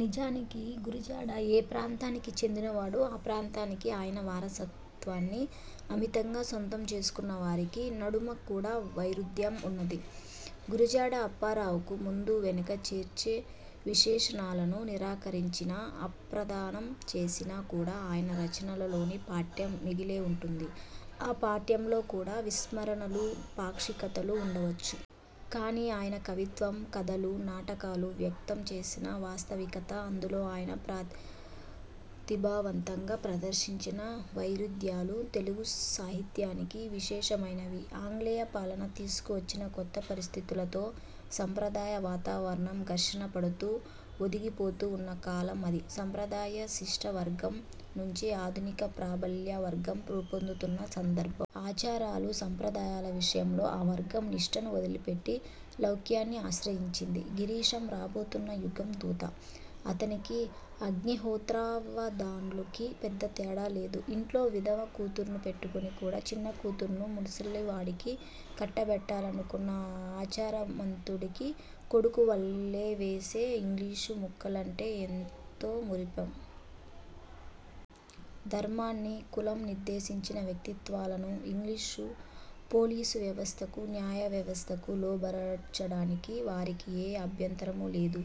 నిజానికి గురజాడ ఏ ప్రాంతానికి చెందినవాడో ఆ ప్రాంతానికి, ఆయన వారసత్వాన్ని అమితంగా సొంతం చేసుకున్నవారికీ నడుమ కూడా వైరుధ్యం ఉన్నది. గురజాడ అప్పారావుకు ముందూ వెనుకా చేర్చే విశేషణాలను నిరాకరించినా, అప్రధానం చేసినా కూడా, ఆయన రచనలలోని పాఠ్యం మిగిలే ఉంటుంది. ఆ పాఠ్యంలో కూడా విస్మరణలూ, పాక్షికతలూ ఉండవచ్చు. కానీ ఆయన కవిత్వం, కథలు, నాట కాలు వ్యక్తం చేసిన వాస్తవికత, అందులో ఆయన ప్రతిభావంతంగా దర్శించిన వైరుధ్యాలూ తెలుగుసాహిత్యానికి విశేషమైనవి. ఆంగ్లేయపాలన తీసుకువచ్చిన కొత్త పరిస్థితులతో, సంప్రదాయ వాతావరణం ఘర్షణ పడుతూ, ఒదిగిపోతూ ఉన్న కాలం అది. సంప్రదాయ శిష్ట వర్గం నుంచే ఆధునిక ప్రాబల్య వర్గం రూపొందుతున్న సందర్భం. ఆచారాలు, సంప్రదాయాల విషయంలో ఆ వర్గం నిష్ఠను వదిలిపెట్టి లౌక్యాన్ని ఆశ్రయించింది. గిరీశం రాబోతున్న యుగం దూత. అతనికీ అగ్నిహోత్రావధాన్లుకీ పెద్ద తేడా లేదు. ఇంట్లో విధవ కూతురును పెట్టుకుని కూడా చిన్న కూతురును ముసలివాడికి కట్టబెట్టాలనుకున్న ఆ ఆచారమంతుడికి, కొడుకు వల్లెవేసే ఇంగ్లీషు ముక్కలంటే ఎంతో మురిపెం. ధర్మాన్నీ, కులం నిర్దేశించిన వ్యక్తిత్వాలను ఇంగ్లీషు పోలీసు వ్యవస్థకు, న్యాయవ్యవస్థకు లోబరచడానికి వారికి ఏ అభ్యంతరమూ లేదు.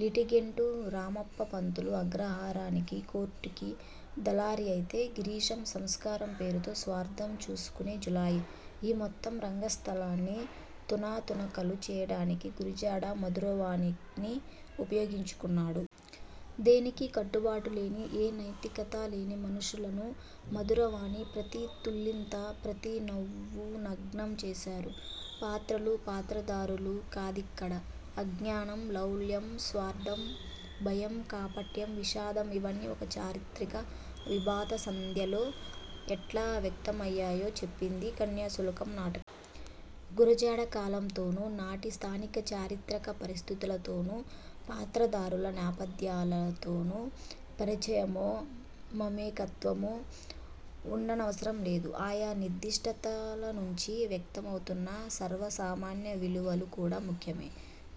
లిటిగెంటు రామప్పపంతులు అగ్రహారానికీ, కోర్టుకీ దళారీ అయితే, గిరీశం సంస్కారం పేరుతో స్వార్థం చూసుకునే జులాయి. ఈ మొత్తం రంగస్థలాన్ని తునాతునకలు చేయడానికి గురజాడ మధురవాణిని ఉపయోగించుకున్నాడు. దేనికీ కట్టుబాటు లేని, ఏ నైతికతా లేని మనుషులను మధురవాణి ప్రతి తుళ్లింతా, ప్రతి నవ్వూ నగ్నం చేశాయి. పాత్రలూ పాత్రధారులూ కాదిక్కడ, అజ్ఞానం, లౌల్యం, స్వార్థం, భయం, కాపట్యం, విషాదం ఇవన్నీ ఒక చారిత్రిక విభాత సంధ్యలో ఎట్లా వ్యక్తమయ్యాయో చెప్పింది కన్యాశుల్కం నాటకం. గురజాడ కాలంతోను, నాటి స్థానిక చారిత్రక పరిస్థితులతోను, పాత్రధారుల నేపథ్యాలతోను పరిచయమో, మమేకత్వమో ఉండనవసరం లేదు. ఆయా నిర్దిష్టతలనుంచి వ్యక్తమవుతున్న సర్వసామాన్య విలువలు కూడా ముఖ్యమే.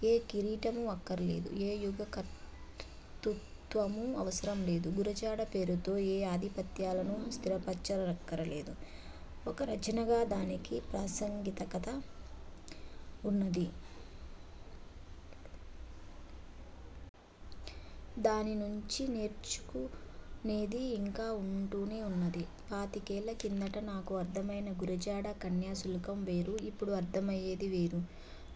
ఏ కిరీటమూ అక్కరలేదు, ఏ యుగకర్తృత్వమూ అవసరం లేదు. గురజాడ పేరుతో ఏ ఆధిపత్యాలనూ స్థిరపరచనక్కరలేదు. ఒక రచనగా దానికి ప్రాసంగికత ఉన్నది. దాని నుంచి నేర్చుకు నేదీ ఇంకా ఉంటూనే ఉన్నది. పాతికేళ్ల కిందట నాకు అర్థమయిన గురజాడ కన్యాశుల్కం వేరు. ఇప్పుడు అర్థమయ్యేది వేరు.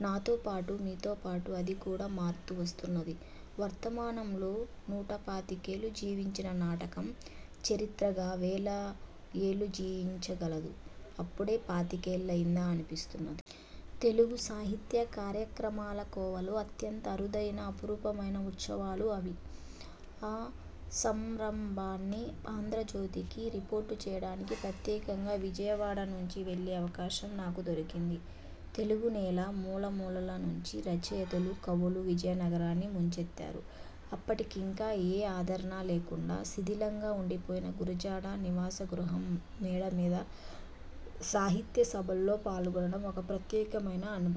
నాతో పాటు, మీతోపాటు అది కూడా మారుతూ వస్తున్నది. వర్తమానంలో నూటపాతికేళ్లు జీవించిన నాటకం, చరిత్రగా వేల ఏళ్లు జీవించగలదు. అప్పుడే పాతికేళ్లయిందా అనిపిస్తున్నది. తెలుగు సాహిత్య కార్యక్రమాల కోవలో అత్యంత అరుదైన, అపురూపమైన ఉత్సవాలు అవి. ఆ సంరంభాన్ని ఆంధ్రజ్యోతికి రిపోర్టు చేయడానికి ప్రత్యేకంగా విజయవాడ నుంచి వెళ్లే అవకాశం నాకు దొరికింది. తెలుగునేల మూలమూలల నుంచి రచయితలు, కవులు విజయనగరాన్ని ముంచెత్తారు. అప్పటికింకా ఏ ఆదరణా లేకుండా శిథిలంగా ఉండిపోయిన గురజాడ నివాసగృహం మేడ మీద సాహిత్యసభల్లో పాల్గొనడం ఒక ప్రత్యేకమైన అనుభవం.